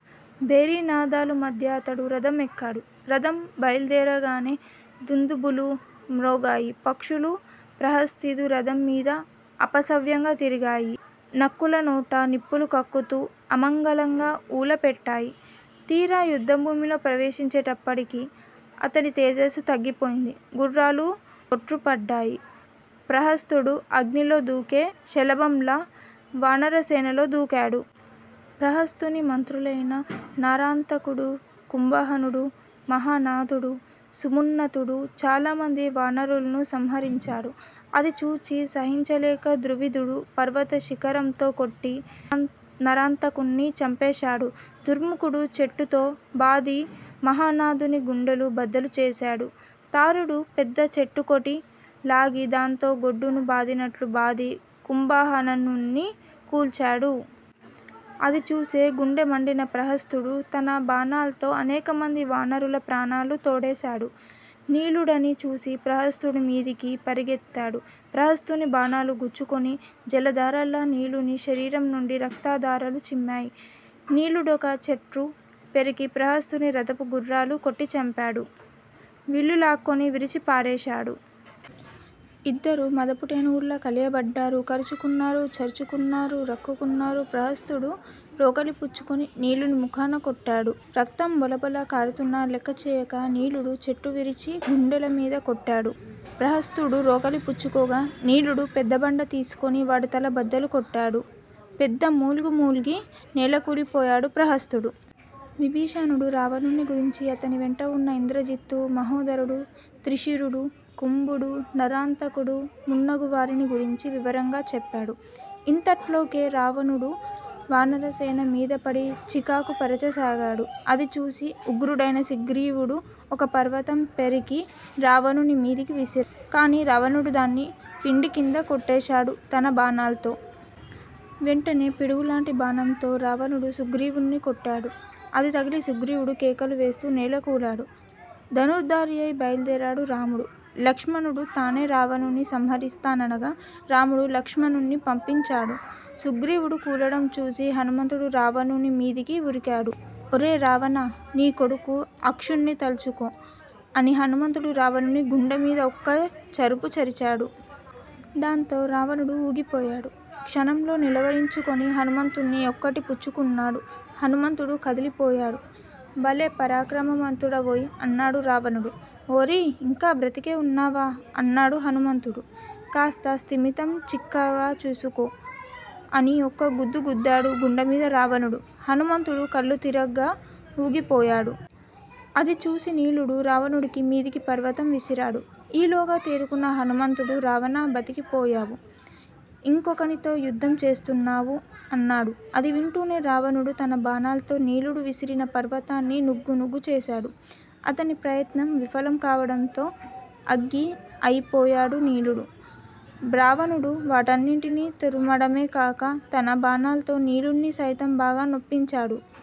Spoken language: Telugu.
భేరినాదాలు మధ్య అతడు రథం ఎక్కాడు. రథం బైల్దేరగానే దుందుభులు మ్రోగాయి. పక్షులు ప్రహస్తుని రథంమీద అపసవ్యంగా తిరిగాయి. నక్కుల నోట నిప్పులు కక్కుతూ అమంగళంగా ఊళపెట్టాయి. తీరా యుద్దభూమిలో ప్రవేశించేప్పటికి అతని తేజస్సు తగ్గిపోయింది. గుర్రాలు తొట్రుపడ్డాయి. ప్రహస్తుడు అగ్నిలో దూకే శలభంలా వానరసేనలో దూకాడు. ప్రహస్తుని మంత్రులైన నరాంతకుడూ, కుంభహనుడూ, మహానాదుడూ, సమున్నతుడూ చాలమంది వానరుల్ను సంహరించాడు. అది చూచి సహించలేక ద్వివిదుడు పర్వత శిఖరంతో కొట్టి నరాంతకుణ్ణి చంపేశాడు. దుర్ముఖుడు చెట్టుతో బాది మహానాదుని గుండెలు బద్దలుచేశాడు. తారుడు పెద్ద చెట్టొకటి లాగి దాంతో గొడ్డును బాదినట్లు బాది కుంభహననుణ్ని కూల్చాడు. అది చూసి గుండెమండిన ప్రహస్తుడు తన బాణాల్తో అనేకమంది వానరుల ప్రాణాలు తోడేశాడు. నీలుడది చూసి ప్రహస్తుడిమీదికి పరిగెత్తాడు. ప్రహస్తుని బాణాలు గుచ్చుకుని జలధారల్లా నీలుని శరీరం నుండి రక్తధారలు చిమ్మాయి. నీలుడొక చెట్టు పెరికి ప్రహస్తుని రథపు గుర్రాల్ను కొట్టిచంపాడు. విల్లులాక్కొని విరిచి పారేశాడు. ఇద్దరూ మదపుటేనుగుల్లా కలియబడ్డారు. కరుచుకున్నారు. చరుచుకున్నారు. రక్కుకున్నారు. ప్రహస్తుడు రోకలి పుచ్చుకుని నీలుని ముఖానకొట్టాడు. రక్తం బొళబొళ కారుతున్నా లెక్కచేయక నీలుడు చెట్టు విరిచి గుండెలమీద కొట్టాడు. ప్రహస్తుడు రోకలిపుచ్చుకోగా నీలుడు పెద్ద బండ తీసుకుని వాడి తల బద్దలు కొట్టాడు. పెద్ద మూల్గు మూల్గి నేలకూలిపోయాడు ప్రహస్తుడు. విభీషణుడు రావణుణ్ని గురించీ అతని వెంటవున్న ఇంద్రజిత్తు మహోధరుడు, త్రిశిరుడు, కుంభుడు, నరాంతకుడు మున్నగువారిని గురించి వివరంగా చెప్పాడు. ఇంతట్లోకే రావణుడు వానర సేనమీదపడి చీకాకు పరచసాగాడు. అదిచూసి ఉగ్రుడైన సుగ్రీవుడు ఒక పర్వతం పెరికి రావణుని మీదికి విసిరాడు. కాని రావణుడు దాన్ని పిండికింద కొట్టేశాడు తన బాణాల్తో. వెంటనే పిడుగులాంటి బాణంతో రావణుడు సుగ్రీవుణ్ని కొట్టాడు. అది తగిలి సుగ్రీవుడు కేకలువేస్తూ నేలకూలాడు. ధనుర్దారియై బైల్దేరాడు రాముడు. లక్ష్మణుడు తానే రావణుని సంహరిస్తాననగా రాముడు లక్ష్మణుణ్ణి పంపించాడు. సుగ్రీవుడు కూలడం చూసి హనుమంతుడు రావణుని మీదికి వురికాడు. ఒరే రావణా నీ కొడుకు అక్షుణ్ని తల్చుకో అని హనుమంతుడు రావణుని గుండెమీద ఒక్క చరుపు చరిచాడు. దాంతో రావణుడు ఊగిపోయాడు. క్షణంలో నిలవరించుకొని హనుమంతుణ్ణి ఒక్కటి పుచ్చుకున్నాడు. హనుమంతుడు కదిలిపోయాడు. భలే పరాక్రమంతుడవోయి అన్నాడు రావణుడు. ఓరీ! ఇంకా బ్రతికే వున్నావా? అన్నాడు హనుమంతుడు. కాస్త స్థిమితం చిక్కగా చూసుకో అని ఒక్క గుద్దు గుద్దాడు గుండెమీద రావణుడు. హనుమంతుడు కళ్ళు తిరగ్గా ఊగిపోయాడు. అదిచూసి నీలుడు రావణుడి మీదికి పర్వతం విసిరాడు. ఈలోగా తేరుకున్న హనుమంతుడు రావణా! బతికిపోయావు. ఇంకొకనితో యుద్దం చేస్తున్నావు. అన్నాడు. అది వింటూనే రావణుడు తన బాణాల్తో నీలుడు విసిరిన పర్వతాన్ని నుగ్గునుగ్గు చేశాడు. అతని ప్రయత్నం విఫలం కావడంతో అగ్గి అయిపోయాడు నీలుడు. రావణుడు వాటన్నింటినీ తురమడమే కాక తన బాణాల్తో నీలుణ్ని సైతం బాగా నొప్పించాడు.